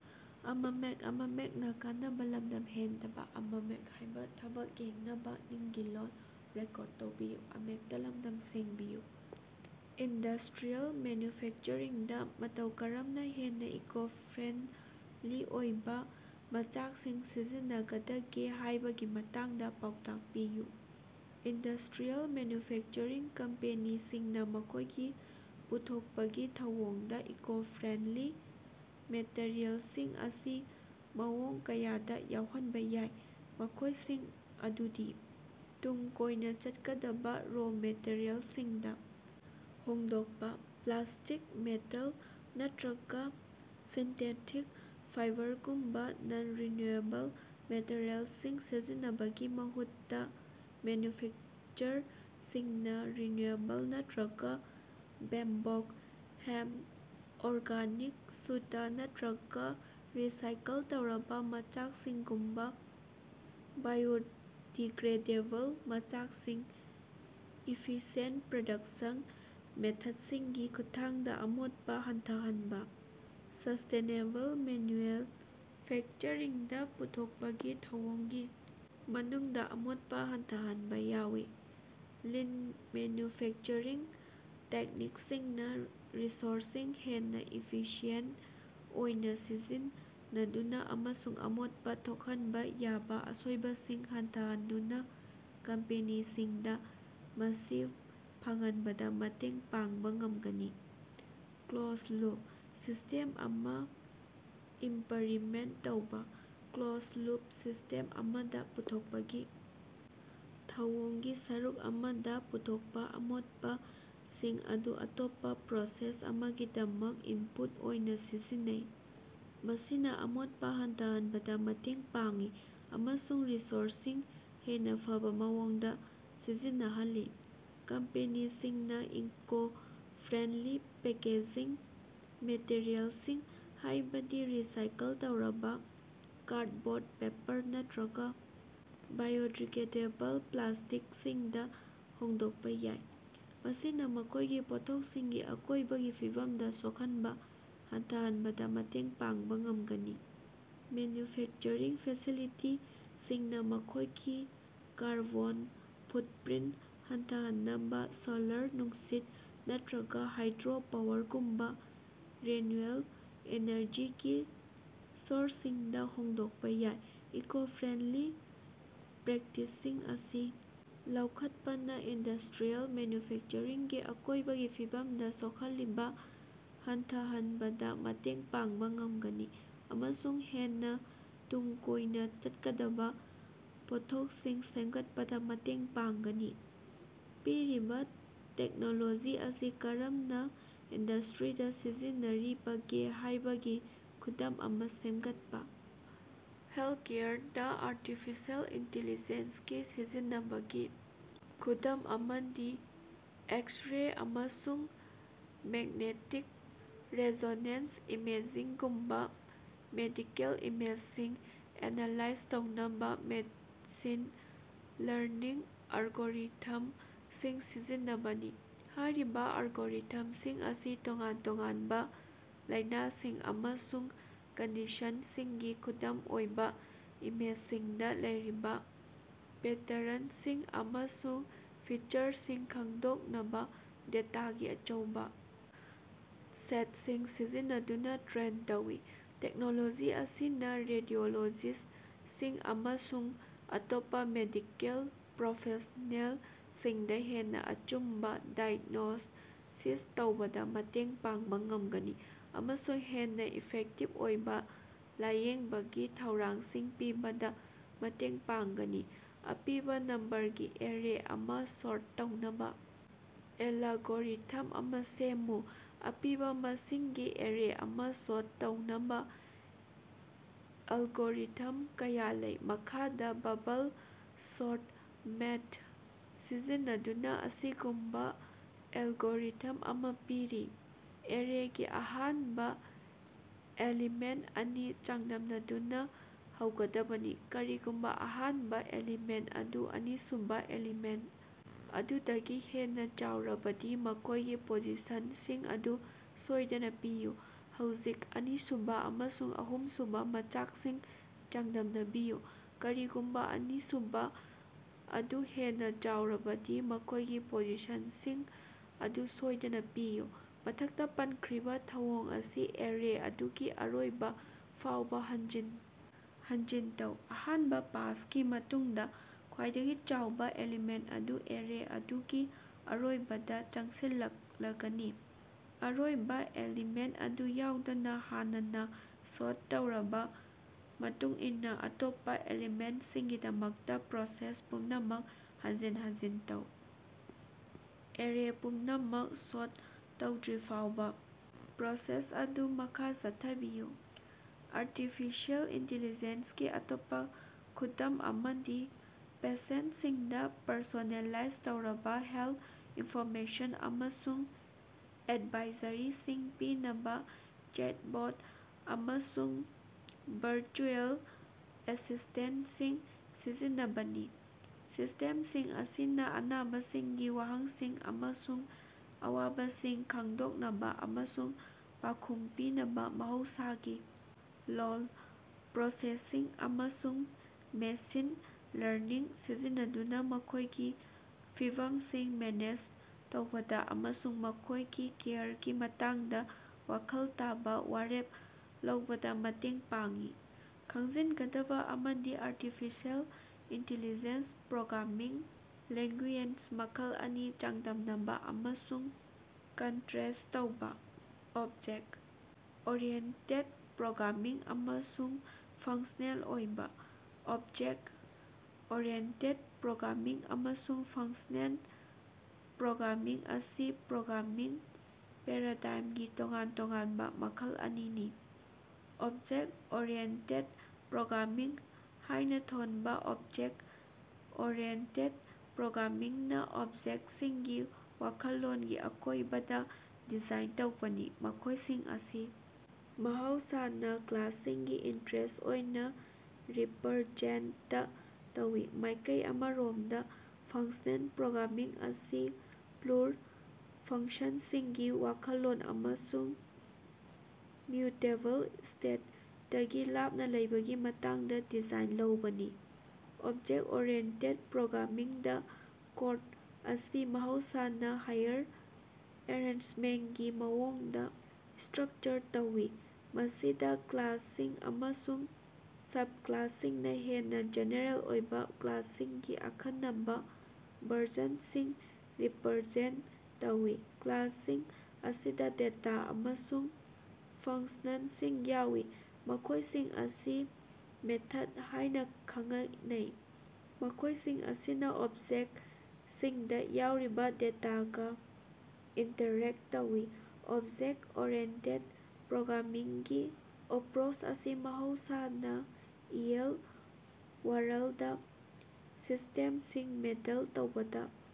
Industrial ꯃꯦꯟꯌꯨꯐꯦꯛꯆꯔꯤꯡꯗ ꯃꯇꯧ ꯀꯔꯝꯅ ꯍꯦꯟꯅ ꯏꯀꯣ-ꯐ꯭ꯔꯦꯟꯗꯂꯤ ꯑꯣꯏꯕ ꯃꯆꯥꯛꯁꯤꯡ ꯁꯤꯖꯤꯟꯅꯒꯗꯒꯦ ꯍꯥꯏꯕꯒꯤ ꯃꯇꯥꯡꯗ ꯄꯥꯎꯇꯥꯛ ꯄꯤꯌꯨ꯫ ꯏꯟꯗꯁ꯭ꯇꯔꯤꯌꯦꯜ ꯃꯦꯟꯌꯨꯐꯦꯛꯆꯔꯤꯡ ꯀꯝꯄꯦꯅꯤꯁꯤꯡꯅ ꯃꯈꯣꯏꯒꯤ ꯄꯨꯊꯣꯛꯄꯒꯤ ꯊꯧꯑꯣꯡꯗ ꯏꯀꯣ-ꯐ꯭ꯔꯦꯟꯗꯂꯤ ꯃꯦꯇꯔꯤꯑꯦꯜꯁꯤꯡ ꯑꯁꯤ ꯃꯑꯣꯡ ꯀꯌꯥꯗ ꯌꯥꯎꯍꯟꯕ ꯌꯥꯏ, ꯃꯈꯣꯏꯁꯤꯡ ꯑꯗꯨꯗꯤ: ꯇꯨꯡ ꯀꯣꯏꯅ ꯆꯠꯀꯗꯕ ꯔꯣ ꯃꯦꯇꯔꯤꯌꯦꯜꯁꯤꯡꯗ ꯍꯣꯡꯗꯣꯛꯄ: ꯄ꯭ꯂꯥꯁ꯭ꯇꯤꯛ, ꯃꯦꯇꯜ, ꯅꯠꯇꯔꯒ ꯁꯤꯟꯊꯦꯇꯤꯛ ꯐꯥꯏꯕꯔꯒꯨꯝꯕ ꯅꯟ-ꯔꯤꯟꯌꯨꯑꯦꯕꯜ ꯃꯦꯇꯔꯤꯑꯦꯜꯁꯤꯡ ꯁꯤꯖꯤꯟꯅꯕꯒꯤ ꯃꯍꯨꯠꯇ, ꯃꯦꯟꯌꯨꯐꯦꯛꯆꯔꯁꯤꯡꯅ ꯔꯤꯟꯌꯨꯑꯦꯕꯜ ꯅꯠꯇꯔꯒ ꯕꯦꯝꯕꯣꯛ, ꯍꯦꯝꯞ, ꯑꯣꯔꯒꯥꯅꯤꯛ ꯁꯨꯇꯥ, ꯅꯠꯇꯔꯒ ꯔꯤꯁꯥꯏꯀꯜ ꯇꯧꯔꯕ ꯃꯆꯥꯛꯁꯤꯡꯒꯨꯝꯕ ꯕꯥꯏꯑꯣꯗꯤꯒ꯭ꯔꯦꯗꯦꯕꯜ ꯃꯆꯥꯛꯁꯤꯡ꯫ ꯏꯐꯤꯁꯤꯌꯦꯟꯠ ꯄ꯭ꯔꯗꯛꯁꯟ ꯃꯦꯊꯠꯁꯤꯡꯒꯤ ꯈꯨꯠꯊꯥꯡꯗ ꯑꯃꯣꯠꯄ ꯍꯟꯊꯍꯟꯕ: ꯁꯁ꯭ꯇꯦꯅꯦꯕꯜ ꯃꯦꯟꯌꯨꯐꯦꯛꯆꯔꯤꯡꯗ ꯄꯨꯊꯣꯛꯄꯒꯤ ꯊꯧꯑꯣꯡꯒꯤ ꯃꯅꯨꯡꯗ ꯑꯃꯣꯠꯄ ꯍꯟꯊꯍꯟꯕ ꯌꯥꯎꯏ꯫ ꯂꯤꯟ ꯃꯦꯟꯌꯨꯐꯦꯛꯆꯔꯤꯡ ꯇꯦꯛꯅꯤꯛꯁꯤꯡꯅ ꯔꯤꯁꯣꯔꯁꯁꯤꯡ ꯍꯦꯟꯅ ꯏꯐꯤꯁꯤꯑꯦꯟꯠ ꯑꯣꯏꯅ ꯁꯤꯖꯤꯟꯅꯗꯨꯅ ꯑꯃꯁꯨꯡ ꯑꯃꯣꯠꯄ ꯊꯣꯛꯍꯟꯕ ꯌꯥꯕ ꯑꯁꯣꯏꯕꯁꯤꯡ ꯍꯟꯊꯍꯟꯗꯨꯅ ꯀꯝꯄꯦꯅꯤꯁꯤꯡꯗ ꯃꯁꯤ ꯐꯪꯍꯟꯕꯗ ꯃꯇꯦꯡ ꯄꯥꯡꯕ ꯉꯝꯒꯅꯤ꯫ ꯀ꯭ꯂꯣꯖꯗ-ꯂꯨꯞ ꯁꯤꯁ꯭ꯇꯦꯝ ꯑꯃꯥ ꯏꯝꯄꯂꯤꯃꯦꯟꯠ ꯇꯧꯕꯥ: ꯀ꯭ꯂꯣꯖꯗ-ꯂꯨꯞ ꯁꯤꯁ꯭ꯇꯦꯝ ꯑꯃꯗ, ꯄꯨꯊꯣꯛꯄꯒꯤ ꯊꯧꯑꯣꯡꯒꯤ ꯁꯔꯨꯛ ꯑꯃꯗ ꯄꯨꯊꯣꯛꯄ ꯑꯃꯣꯠꯄꯁꯤꯡ ꯑꯗꯨ ꯑꯇꯣꯞꯄ ꯄ꯭ꯔꯣꯁꯦꯁ ꯑꯃꯒꯤꯗꯃꯛ ꯏꯟꯄꯨꯠ ꯑꯣꯏꯅ ꯁꯤꯖꯤꯟꯅꯩ꯫ ꯃꯁꯤꯅ ꯑꯃꯣꯠꯄ ꯍꯟꯊꯍꯟꯕꯗ ꯃꯇꯦꯡ ꯄꯥꯡꯏ ꯑꯃꯁꯨꯡ ꯔꯤꯁꯣꯔꯁꯁꯤꯡ ꯍꯦꯟꯅ ꯐꯕ ꯃꯑꯣꯡꯗ ꯁꯤꯖꯤꯟꯅꯍꯜꯂꯤ꯫ ꯀꯝꯄꯦꯅꯤꯁꯤꯡꯅ ꯏꯀꯣ-ꯐ꯭ꯔꯦꯟꯗꯂꯤ ꯄꯦꯀꯦꯖꯤꯡ ꯃꯦꯇꯔꯤꯑꯦꯜꯁꯤꯡ ꯍꯥꯏꯕꯗꯤ ꯔꯤꯁꯥꯏꯀꯜ ꯇꯧꯔꯕ ꯀꯥꯔꯗꯕꯣꯔꯗ, ꯄꯦꯄꯔ, ꯅꯠꯇꯔꯒ ꯕꯥꯏꯑꯣꯗꯤꯒ꯭ꯔꯦꯗꯦꯕꯜ ꯄ꯭ꯂꯥꯁ꯭ꯇꯤꯛꯁꯤꯡꯗ ꯍꯣꯡꯗꯣꯛꯄ ꯌꯥꯏ꯫ ꯃꯁꯤꯅ ꯃꯈꯣꯏꯒꯤ ꯄꯣꯠꯊꯣꯛꯁꯤꯡꯒꯤ ꯑꯀꯣꯏꯕꯒꯤ ꯐꯤꯕꯝꯗ ꯁꯣꯛꯍꯟꯕ ꯍꯟꯊꯍꯟꯕꯗ ꯃꯇꯦꯡ ꯄꯥꯡꯕ ꯉꯝꯒꯅꯤ꯫ ꯃꯦꯟꯌꯨꯐꯦꯛꯆꯔꯤꯡ ꯐꯦꯁꯤꯂꯤꯇꯤꯁꯤꯡꯅ ꯃꯈꯣꯏꯒꯤ ꯀꯥꯔꯕꯣꯟ ꯐꯨꯠꯄꯔꯤꯟꯠ ꯍꯟꯊꯍꯟꯅꯕ ꯁꯣꯂꯥꯔ, ꯅꯨꯡꯁꯤꯠ, ꯅꯠꯇꯔꯒ ꯍꯥꯏꯗ꯭ꯔꯣ ꯄꯥꯋꯔꯒꯨꯝꯕ ꯔꯤꯅ꯭ꯌꯨꯑꯦꯕꯜ ꯏꯅꯔꯖꯤꯒꯤ ꯁꯣꯔꯁꯁꯤꯡꯗ ꯍꯣꯡꯗꯣꯛꯄ ꯌꯥꯏ꯫ ꯏꯀꯣ-ꯐ꯭ꯔꯦꯟꯗꯂꯤ ꯄ꯭ꯔꯦꯛꯇꯤꯁꯁꯤꯡ ꯑꯁꯤ ꯂꯧꯈꯠꯄꯅ ꯏꯟꯗꯁ꯭ꯇꯔꯤꯌꯦꯜ ꯃꯦꯟꯌꯨꯐꯦꯛꯆꯔꯤꯡꯒꯤ ꯑꯀꯣꯏꯕꯒꯤ ꯐꯤꯕꯝꯗ ꯁꯣꯛꯍꯜꯂꯤꯕ ꯍꯟꯊꯍꯟꯕꯗ ꯃꯇꯦꯡ ꯄꯥꯡꯕ ꯉꯝꯒꯅꯤ ꯑꯃꯁꯨꯡ ꯍꯦꯟꯅ ꯇꯨꯡ ꯀꯣꯏꯅ ꯆꯠꯀꯗꯕ ꯄꯣꯠꯊꯣꯛꯁꯤꯡ ꯁꯦꯝꯒꯠꯄꯗ ꯃꯇꯦꯡ ꯄꯥꯡꯒꯅꯤ꯫ ꯄꯤꯔꯤꯕ ꯇꯦꯛꯅꯣꯂꯣꯖꯤ ꯑꯁꯤ ꯀꯔꯝꯅ ꯏꯟꯗꯁ꯭ꯇꯔꯤꯗꯥ ꯁꯤꯖꯤꯟꯅꯔꯤꯕꯒꯦ ꯍꯥꯏꯕꯒꯤ ꯈꯨꯗꯝ ꯑꯃꯥ ꯁꯦꯝꯒꯠꯄꯥ꯫ ꯍꯦꯜꯊꯀꯦꯌꯔꯗ ꯑꯥꯔꯇꯤꯐꯤꯁꯤꯑꯦꯜ ꯏꯟꯇꯤꯂꯤꯖ‌ꯦꯟꯁꯒꯤ ꯁꯤꯖꯤꯟꯅꯕꯒꯤ ꯈꯨꯗꯝ ꯑꯃꯗꯤ ꯑꯦꯛꯁ-ꯔꯦ ꯑꯃꯁꯨꯡ ꯃ‌ꯦꯛꯅ‌ꯦꯇꯤꯛ ꯔ‌ꯦꯖ‌ꯣꯅ‌ꯦꯟꯁ ꯏꯃ‌ꯦꯖꯤꯡꯒꯨꯝꯕ ꯃꯦꯗꯤꯀꯦꯜ ꯏꯃꯦꯖꯁꯤꯡ ꯑꯦꯅꯥꯂꯥꯏꯖ ꯇꯧꯅꯕ ꯃꯦꯁꯤꯟ ꯂꯔꯅꯤꯡ ꯑꯦꯜꯒꯣꯔꯤꯊꯝꯁꯤꯡ ꯁꯤꯖꯤꯟꯅꯕꯅꯤ꯫ ꯍꯥꯏꯔꯤꯕ ꯑꯦꯜꯒꯣꯔꯤꯊꯝꯁꯤꯡ ꯑꯁꯤ ꯇꯣꯉꯥꯟ ꯇꯣꯉꯥꯟꯕ ꯂꯥꯏꯅꯥꯁꯤꯡ ꯑꯃꯁꯨꯡ ꯀꯟꯗꯤꯁꯟꯁꯤꯡꯒꯤ ꯈꯨꯗꯝ ꯑꯣꯏꯕ ꯏꯃꯦꯖꯁꯤꯡꯗ ꯂꯩꯔꯤꯕ ꯄꯦꯇꯔꯟꯁꯤꯡ ꯑꯃꯁꯨꯡ ꯐꯤꯆꯔꯁꯤꯡ ꯈꯪꯗꯣꯛꯅꯕ ꯗꯦꯇꯥꯒꯤ ꯑꯆꯧꯕ ꯁꯦꯠꯁꯤꯡ ꯁꯤꯖꯤꯟꯅꯗꯨꯅ ꯇ꯭ꯔꯦꯟ ꯇꯧꯏ꯫ ꯇꯦꯛꯅꯣꯂꯣꯖꯤ ꯑꯁꯤꯅ ꯔꯦꯗꯤꯑꯣꯂꯣꯖꯤꯁ꯭ꯠꯁꯤꯡ ꯑꯃꯁꯨꯡ ꯑꯇꯣꯞꯄ ꯃꯦꯗꯤꯀꯦꯜ ꯄ꯭ꯔꯣꯐꯦꯁ꯭ꯅꯦꯜꯁꯤꯡꯗ ꯍꯦꯟꯅꯥ ꯑꯆꯨꯝꯕ ꯗꯥꯏꯒ꯭ꯅꯣꯁꯤꯁ ꯇꯧꯕꯗꯥ ꯃꯇꯦꯡ ꯄꯥꯡꯕꯥ ꯉꯝꯒꯅꯤ ꯑꯃꯁꯨꯡ ꯍꯦꯟꯅꯥ ꯏꯐꯦꯛꯇꯤꯕ ꯑꯣꯏꯕꯥ ꯂꯥꯌꯦꯡꯕꯒꯤ ꯊꯧꯔꯥꯡꯁꯤꯡ ꯄꯤꯕꯗ ꯃꯇꯦꯡ ꯄꯥꯡꯒꯅꯤ꯫ ꯑꯄꯤꯕꯥ ꯅꯝꯕꯔꯒꯤ ꯑꯦꯔꯦ ꯑꯃꯥ ꯁꯣꯔꯠ ꯇꯧꯅꯕ ꯑꯦꯂꯒꯣꯔꯤꯊꯝ ꯑꯃꯥ ꯁꯦꯝꯃꯨ꯫ ꯑꯄꯤꯕꯥ ꯃꯁꯤꯡꯒꯤ ꯑꯦꯔꯦ ꯑꯃꯥ ꯁꯣꯔꯠ ꯇꯧꯅꯕ ꯑꯦꯜꯒꯣꯔꯤꯊꯝ ꯀꯌꯥ ꯂꯩ꯫ ꯃꯈꯥꯗ ꯕꯕꯜ ꯁꯣꯔꯠ ꯃꯦꯊꯗ ꯁꯤꯖꯤꯟꯅꯗꯨꯅ ꯑꯁꯤꯒꯨꯝꯕ ꯑꯦꯜꯒꯣꯔꯤꯊꯝ ꯑꯃ ꯄꯤꯔꯤ: ꯑꯦꯔꯦꯒꯤ ꯑꯍꯥꯟꯕ ꯑꯦꯂꯤꯃꯦꯟꯠ ꯑꯅꯤ ꯆꯥꯡꯗꯝꯅꯗꯨꯅ ꯍꯧꯒꯗꯕꯅꯤ꯫ ꯀꯔꯤꯒꯨꯝꯕ ꯑꯍꯥꯟꯕ ꯑꯦꯂꯤꯃꯦꯟꯠ ꯑꯗꯨ ꯑꯅꯤꯁꯨꯕ ꯑꯦꯂꯤꯃꯦꯟꯠ ꯑꯗꯨꯗꯒꯤ ꯍꯦꯟꯅ ꯆꯥꯎꯔꯕꯗꯤ, ꯃꯈꯣꯏꯒꯤ ꯄꯣꯖꯤꯁꯟꯁꯤꯡ ꯑꯗꯨ ꯁꯣꯏꯗꯅ ꯄꯤꯌꯨ꯫ ꯍꯧꯖꯤꯛ, ꯑꯅꯤꯁꯨꯕ ꯑꯃꯁꯨꯡ ꯑꯍꯨꯝꯁꯨꯕ ꯃꯆꯥꯛꯁꯤꯡ ꯆꯥꯡꯗꯝꯅꯕꯤꯌꯨ꯫ ꯀꯔꯤꯒꯨꯝꯕ ꯑꯅꯤꯁꯨꯕ ꯑꯗꯨ ꯍꯦꯟꯅ ꯆꯥꯎꯔꯕꯗꯤ, ꯃꯈꯣꯏꯒꯤ ꯄꯣꯖꯤꯁꯟꯁꯤꯡ ꯑꯗꯨ ꯁꯣꯏꯗꯅ ꯄꯤꯌꯨ꯫ ꯃꯊꯛꯇ ꯄꯟꯈ꯭ꯔꯤꯕ ꯊꯧꯑꯣꯡ ꯑꯁꯤ ꯑꯦꯔꯦ ꯑꯗꯨꯒꯤ ꯑꯔꯣꯏꯕ ꯐꯥꯎꯕꯥ ꯍꯟꯖꯤꯟ ꯍꯟꯖꯤꯟ ꯇꯧ꯫ ꯑꯍꯥꯟꯕ ꯄꯥꯁꯀꯤ ꯃꯇꯨꯡꯗ ꯈ꯭ꯕꯥꯏꯗꯒꯤ ꯆꯥꯎꯕ ꯑꯦꯂꯤꯃꯦꯟꯠ ꯑꯗꯨ ꯑꯦꯔꯦ ꯑꯗꯨꯒꯤ ꯑꯔꯣꯏꯕꯗ ꯆꯪꯁꯤꯜꯂꯛꯂꯒꯅꯤ꯫ ꯑꯔꯣꯏꯕ ꯑꯦꯂꯤꯃꯦꯟꯠ ꯑꯗꯨ ꯌꯥꯎꯗꯅ ꯍꯥꯟꯅꯅꯥ ꯁꯣꯔꯠ ꯇꯧꯔꯕ ꯃꯇꯨꯡ ꯏꯟꯅ ꯑꯇꯣꯞꯄ ꯑꯦꯂꯤꯃꯦꯟꯠꯁꯤꯡꯒꯤꯗꯃꯛꯇ ꯄ꯭ꯔꯣꯁꯦꯁ ꯄꯨꯝꯅꯃꯛ ꯍꯟꯖꯤꯟ ꯍꯟꯖꯤꯟ ꯇꯧ꯫ ꯑꯦꯔꯦ ꯄꯨꯝꯅꯃꯛ ꯁꯣꯔꯠ ꯇꯧꯗ꯭ꯔꯤꯐꯥꯎꯕ ꯄ꯭ꯔꯣꯁꯦꯁ ꯑꯗꯨ ꯃꯈꯥ ꯆꯠꯊꯕꯤꯌꯨ꯫ ꯑꯥꯔꯇꯤꯐꯤꯁꯤꯑꯦꯜ ꯏꯟꯇꯤꯂꯤꯖ‌ꯦꯟꯁꯒꯤ ꯑꯇꯣꯞꯄ ꯈꯨꯗꯝ ꯑꯃꯗꯤ ꯄꯦꯁꯦꯟꯠꯁꯤꯡꯗ ꯄꯔꯁꯣꯅꯦꯂꯥꯏꯖ ꯇꯧꯔꯕ ꯍꯦꯜꯊ ꯏꯟꯐꯣꯔꯃꯦꯁꯟ ꯑꯃꯁꯨꯡ ꯑꯦꯗꯚꯥꯏꯖꯔꯤꯁꯤꯡ ꯄꯤꯅꯕ ꯆꯦꯠꯕꯣꯠ ꯑꯃꯁꯨꯡ ꯚꯔꯆꯨꯑꯦꯜ ꯑꯦꯁꯤꯁ꯭ꯇꯦꯟꯠꯁꯤꯡ ꯁꯤꯖꯤꯟꯅꯕꯅꯤ꯫ ꯁꯤꯁ꯭ꯇꯦꯝꯁꯤꯡ ꯑꯁꯤꯅ ꯑꯅꯥꯕꯁꯤꯡꯒꯤ ꯋꯥꯍꯪꯁꯤꯡ ꯑꯃꯁꯨꯡ ꯑꯋꯥꯕꯁꯤꯡ ꯈꯪꯗꯣꯛꯅꯕ ꯑꯃꯁꯨꯡ ꯄꯥꯎꯈꯨꯝ ꯄꯤꯅꯕ ꯃꯍꯧꯁꯥꯒꯤ ꯂꯣꯜ ꯄ꯭ꯔꯣꯁꯦꯁꯤꯡ ꯑꯃꯁꯨꯡ ꯃꯦꯁꯤꯟ ꯂꯔꯅꯤꯡ ꯁꯤꯖꯤꯟꯅꯗꯨꯅ ꯃꯈꯣꯏꯒꯤ ꯐꯤꯚꯝꯁꯤꯡ ꯃꯦꯅꯦꯖ ꯇꯧꯕꯗ ꯑꯃꯁꯨꯡ ꯃꯈꯣꯏꯒꯤ ꯀꯦꯌꯔꯒꯤ ꯃꯇꯥꯡꯗ ꯋꯥꯈꯜ ꯇꯥꯕ ꯋꯥꯔꯦꯞ ꯂꯧꯕꯗ ꯃꯇꯦꯡ ꯄꯥꯡꯏ꯫ ꯈꯪꯖꯤꯟꯒꯗꯕ ꯑꯃꯗꯤ, ꯑꯥꯔꯇꯤꯐꯤꯁꯤꯑꯦꯜ ꯏꯟꯇꯤꯂꯤꯖ‌ꯦꯟꯁ ꯄ꯭ꯔꯣꯒ꯭ꯔꯥꯃꯤꯡ ꯂꯦꯡꯒꯨꯌꯦꯖ ꯃꯈꯜ ꯑꯅꯤ ꯆꯥꯡꯗꯝꯅꯕ ꯑꯃꯁꯨꯡ ꯀꯟꯇꯔꯦꯁ꯭ꯠ ꯇꯧꯕꯥ꯫ ꯑꯣꯞꯖ‌ꯦꯛ ꯑꯣꯔꯤꯌ‌ꯦꯟꯇ‌ꯦꯠ ꯄꯔ‌ꯣꯒꯔꯥꯃꯤꯡ ꯑꯃꯁꯨꯡ ꯐꯪꯁ꯭ꯅꯦꯜ ꯑꯣꯏꯕꯥ꯫ ꯑꯣꯞꯖ‌ꯦꯛ ꯑꯣꯔꯤꯌ‌ꯦꯟꯇ‌ꯦꯠ ꯄꯔ‌ꯣꯒꯔꯥꯃꯤꯡ ꯑꯃꯁꯨꯡ ꯐꯪꯁ꯭ꯅꯦꯜ ꯄ꯭ꯔꯣꯒ꯭ꯔꯥꯃꯤꯡ ꯑꯁꯤ ꯄ꯭ꯔꯣꯒ꯭ꯔꯥꯃꯤꯡ ꯄꯦꯔꯥꯗꯥꯏꯝꯒꯤ ꯇꯣꯉꯥꯟ ꯇꯣꯉꯥꯟꯕ ꯃꯈꯜ ꯑꯅꯤꯅꯤ꯫ ꯑꯣꯕꯖꯦꯛꯠ ꯑꯣꯔꯤꯑꯦꯟꯇꯦꯗ ꯄ꯭ꯔꯣꯒ꯭ꯔꯥꯃꯤꯡ ꯍꯥꯏꯅ ꯊꯣꯟꯕ ꯑꯣꯞꯖ‌ꯦꯛ ꯑꯣꯔꯤꯌ‌ꯦꯟꯇ‌ꯦꯠ ꯄꯔ‌ꯣꯒꯔꯥꯃꯤꯡꯅ ꯑꯣꯕꯖꯦꯛꯠꯁꯤꯡꯒꯤ ꯋꯥꯈꯜꯂꯣꯟꯒꯤ ꯑꯀꯣꯏꯕꯗ ꯗꯤꯖꯥꯏꯟ ꯇꯧꯕꯅꯤ, ꯃꯈꯣꯏꯁꯤꯡ ꯑꯁꯤ ꯃꯍꯧꯁꯥꯅ ꯀ꯭ꯂꯥꯁꯁꯤꯡꯒꯤ ꯏꯟꯁꯇꯦꯟꯁ ꯑꯣꯏꯅ ꯔꯤꯄꯔꯖꯦꯟꯇ ꯇꯧꯏ꯫ ꯃꯥꯏꯀꯩ ꯑꯃꯔꯣꯝꯗ, ꯐꯪꯁ꯭ꯅꯦꯜ ꯄ꯭ꯔꯣꯒ꯭ꯔꯥꯃꯤꯡ ꯑꯁꯤ ꯄ꯭ꯌꯨꯔ ꯐꯪꯁꯟꯁꯤꯡꯒꯤ ꯋꯥꯈꯜꯂꯣꯟ ꯑꯃꯁꯨꯡ ꯃ꯭ꯌꯨꯇꯦꯕꯜ ꯁ꯭ꯇꯦꯠꯇꯒꯤ ꯂꯥꯞꯅ ꯂꯩꯕꯒꯤ ꯃꯇꯥꯡꯗ ꯗꯤꯖꯥꯏꯟ ꯇꯧꯕꯅꯤ꯫ ꯑꯣꯞꯖ‌ꯦꯛ ꯑꯣꯔꯤꯌ‌ꯦꯟꯇ‌ꯦꯠ ꯄꯔ‌ꯣꯒꯔꯥꯃꯤꯡꯗꯥ, ꯀꯣꯗ ꯑꯁꯤ ꯃꯍꯧꯁꯥꯅ ꯍꯥꯌꯔ ꯑꯦꯔꯦꯟꯖꯃꯦꯟꯠꯀꯤ ꯃꯑꯣꯡꯗ ꯁ꯭ꯇꯔꯛꯆꯔ ꯇꯧꯏ, ꯃꯁꯤꯗ ꯀ꯭ꯂꯥꯁꯁꯤꯡ ꯑꯃꯁꯨꯡ ꯁꯕꯀꯂꯥꯁꯁꯤꯡꯅ ꯍꯦꯟꯅ ꯖꯦꯅꯦꯔꯦꯜ ꯑꯣꯏꯕ ꯀ꯭ꯂꯥꯁꯁꯤꯡꯒꯤ ꯑꯈꯟꯅꯕ ꯚꯔꯖꯟꯁꯤꯡ ꯔꯤꯄꯔꯖꯦꯟꯇ ꯇꯧꯏ꯫ ꯀ꯭ꯂꯥꯁꯁꯤꯡ ꯑꯁꯤꯗ ꯗꯦꯇꯥ ꯑꯃꯁꯨꯡ ꯐꯪꯁꯅꯟꯁꯤꯡ ꯌꯥꯎꯏ, ꯃꯈꯣꯌꯁꯤꯡ ꯑꯁꯤ ꯃꯦꯊꯗ ꯍꯥꯌꯅꯥ ꯈꯉꯅꯩ, ꯃꯈꯣꯌꯁꯤꯡ ꯑꯁꯤꯅꯥ ꯑꯣꯕꯖꯦꯛꯇꯁꯤꯡꯗ ꯌꯥꯎꯔꯤꯕꯥ ꯗꯦꯇꯥꯒ ꯏꯟꯇꯔꯦꯛꯇ ꯇꯧꯏ꯫ ꯑꯣꯞꯖ‌ꯦꯛ ꯑꯣꯔꯤꯌ‌ꯦꯟꯇ‌ꯦꯠ ꯄꯔ‌ꯣꯒꯔꯥꯃꯤꯡꯒꯤ ꯑꯦꯄꯔꯣꯆ ꯑꯁꯤ ꯃꯍꯧꯁꯥꯅ ꯔꯤꯑꯦꯜ-ꯋꯥꯔꯜꯗ ꯁꯤꯁ꯭ꯇꯦꯝꯁꯤꯡ ꯃꯣꯗꯦꯜ ꯇꯧꯕꯗ